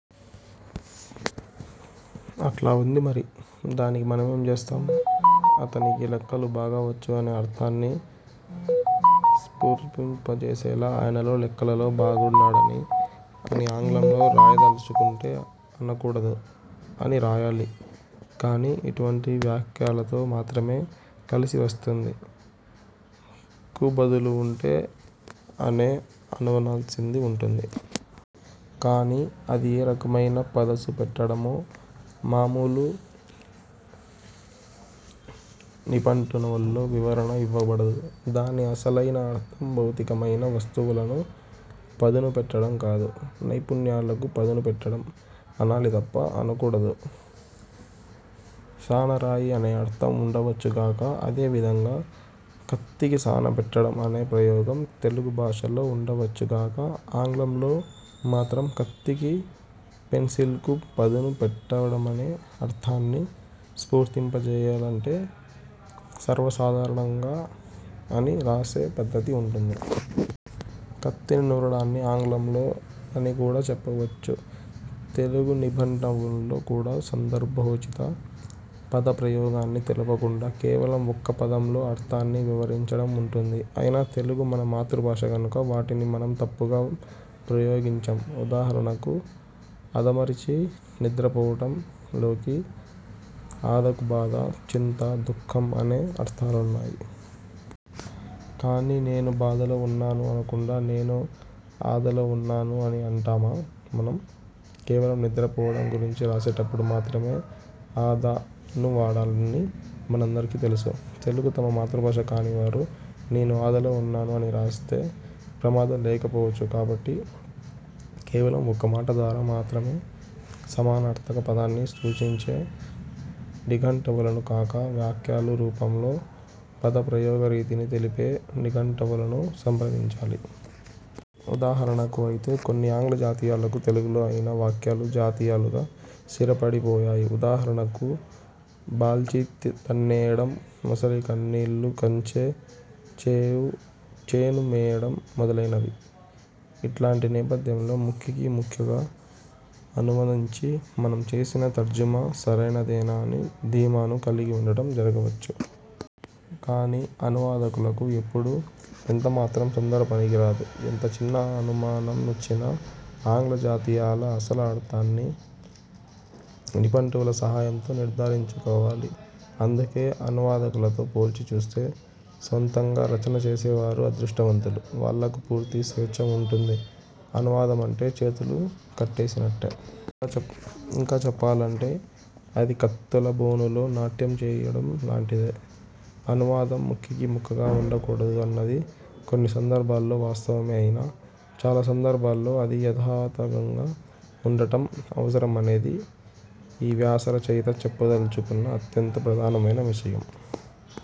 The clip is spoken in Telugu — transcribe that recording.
అట్లా వుంది మరి. దానికి మనమేం చేస్తాం! అతనికి లెక్కలు బాగా వచ్చు అనే అర్థాన్ని స్ఫూర్తింపజేసేలా ఆయన లెక్కలలో బాగున్నాడు అని ఆంగ్లంలో రాయదల్చుకుంటే అనకూడదు, అని రాయాలి. కాని, ఇటువంటి వాక్యాలతో మాత్రమే కలిసి వస్తుంది. కు బదులు ఉంటే, అనే అనువదించాల్సి వుంటుంది. కాని, అది ఏ రకమైన పదును పెట్టడమో మామూలు నిఘంటువుల్లో వివరణ ఇవ్వబడదు. దాని అసలైన అర్థం భౌతికమైన వస్తువులను పదును పెట్టటం కాదు, నైపుణ్యాలకు పదును పెట్టటం. అనాలి తప్ప అనకూడదు. సానరాయి అనే అర్థం ఉండవచ్చు గాక. అదే విధంగా 'కత్తికి సాన పెట్టడం' అనే ప్రయోగం తెలుగు భాషలో ఉండవచ్చు గాక ఆంగ్లంలో మాత్రం కత్తికి పెన్సిల్ కు పదును పెట్టడమనే అర్థాన్ని స్పూర్తింపజేయాలంటే సర్వసాధారణంగా అని రాసే పద్ధతే ఉంటుంది. కత్తిని నూరడాన్ని ఆంగ్లంలో అని కూడా చెప్పవచ్చు. తెలుగు నిఘంటువుల్లో కూడా సందర్భోచిత పదప్రయోగాన్ని తెలుపకుండా కేవలం ఒక్క పదంలో అర్థాన్ని వివరించడం ఉంటుంది. అయినా తెలుగు మన మాతృభాష కనుక వాటిని మనం తప్పుగా ప్రయోగించం. ఉదాహరణకు 'ఆదమరచి నిద్ర పోవడం' లోకి ఆదకు బాధ, చింత, దుఃఖం అనే అర్థాలున్నాయి. కానీ నేను బాధలో ఉన్నాను అనకుండా, నేను ఆదలో ఉన్నాను అని అంటామా మనం? కేవలం నిద్రపోవడం గురించి రాసేటప్పుడు మాత్రమే 'ఆద'ను వాడాలని మనందరికీ తెలుసు. తెలుగు తమ మాతృభాష కానివారు 'నేను ఆదలో ఉన్నాను' అని రాసే ప్రమాదం లేకపోవచ్చు. కాబట్టి, కేవలం ఒక్క మాట ద్వారా మాత్రమే సమానార్థక పదాన్ని సూచించే నిఘంటువులను కాక, వాక్యాల రూపంలో పదప్రయోగ రీతిని తెలిపే నిఘంటువులనే సంప్రదించాలి. ఉదాహరణకు అయితే కొన్ని ఆంగ్ల జాతీయాలకు తెలుగులో అయిన వాక్యాలు జాతీయాలుగా స్థిరపడి పోయాయి. ఉదాహరణకు బాల్చీ తన్నేయడం మొసలి కన్నీళ్లు కంచే చేను మేయడం మొదలైనవి. ఇట్లాంటి నేపథ్యంలో ముక్ఖీకి ముక్ఖీగా అనువదించి, మనం చేసిన తర్జుమా సరైనదేననే ధీమాను కలిగి వుండటం జరగవచ్చు! కాని, అనువాదకులకు ఎప్పుడూ, ఎంత మాత్రం తొందర పనికి రాదు. ఎంత చిన్న అనుమానం వచ్చినా ఆంగ్ల జాతీయాల అసలు అర్థాన్ని నిఘంటువుల సహాయంతో నిర్థారించుకోవాలి. అందుకే, అనువాదకులతో పోల్చి చూస్తే స్వంతంగా రచన చేసేవారు అదృష్టవంతులు. వాళ్లకు పూర్తి స్వేచ్ఛ ఉంటుంది. అనువాదమంటే చేతులు కట్టేసినట్టే. ఇంకా చెప్పాలంటే, అది కత్తెలబోనులో నాట్యం చేయటం లాంటిదే. అనువాదం ముక్ఖీకి ముక్ఖీగా ఉండకూడదు అన్నది కొన్ని సందర్భాల్లో వాస్తవమే అయినా, చాలా సందర్భాల్లో అది యథాతథంగా ఉండటం అవసరం అనేదే ఈ వ్యాసరచయిత చెప్పదల్చుకున్న అత్యంత ప్రధానమైన విషయం.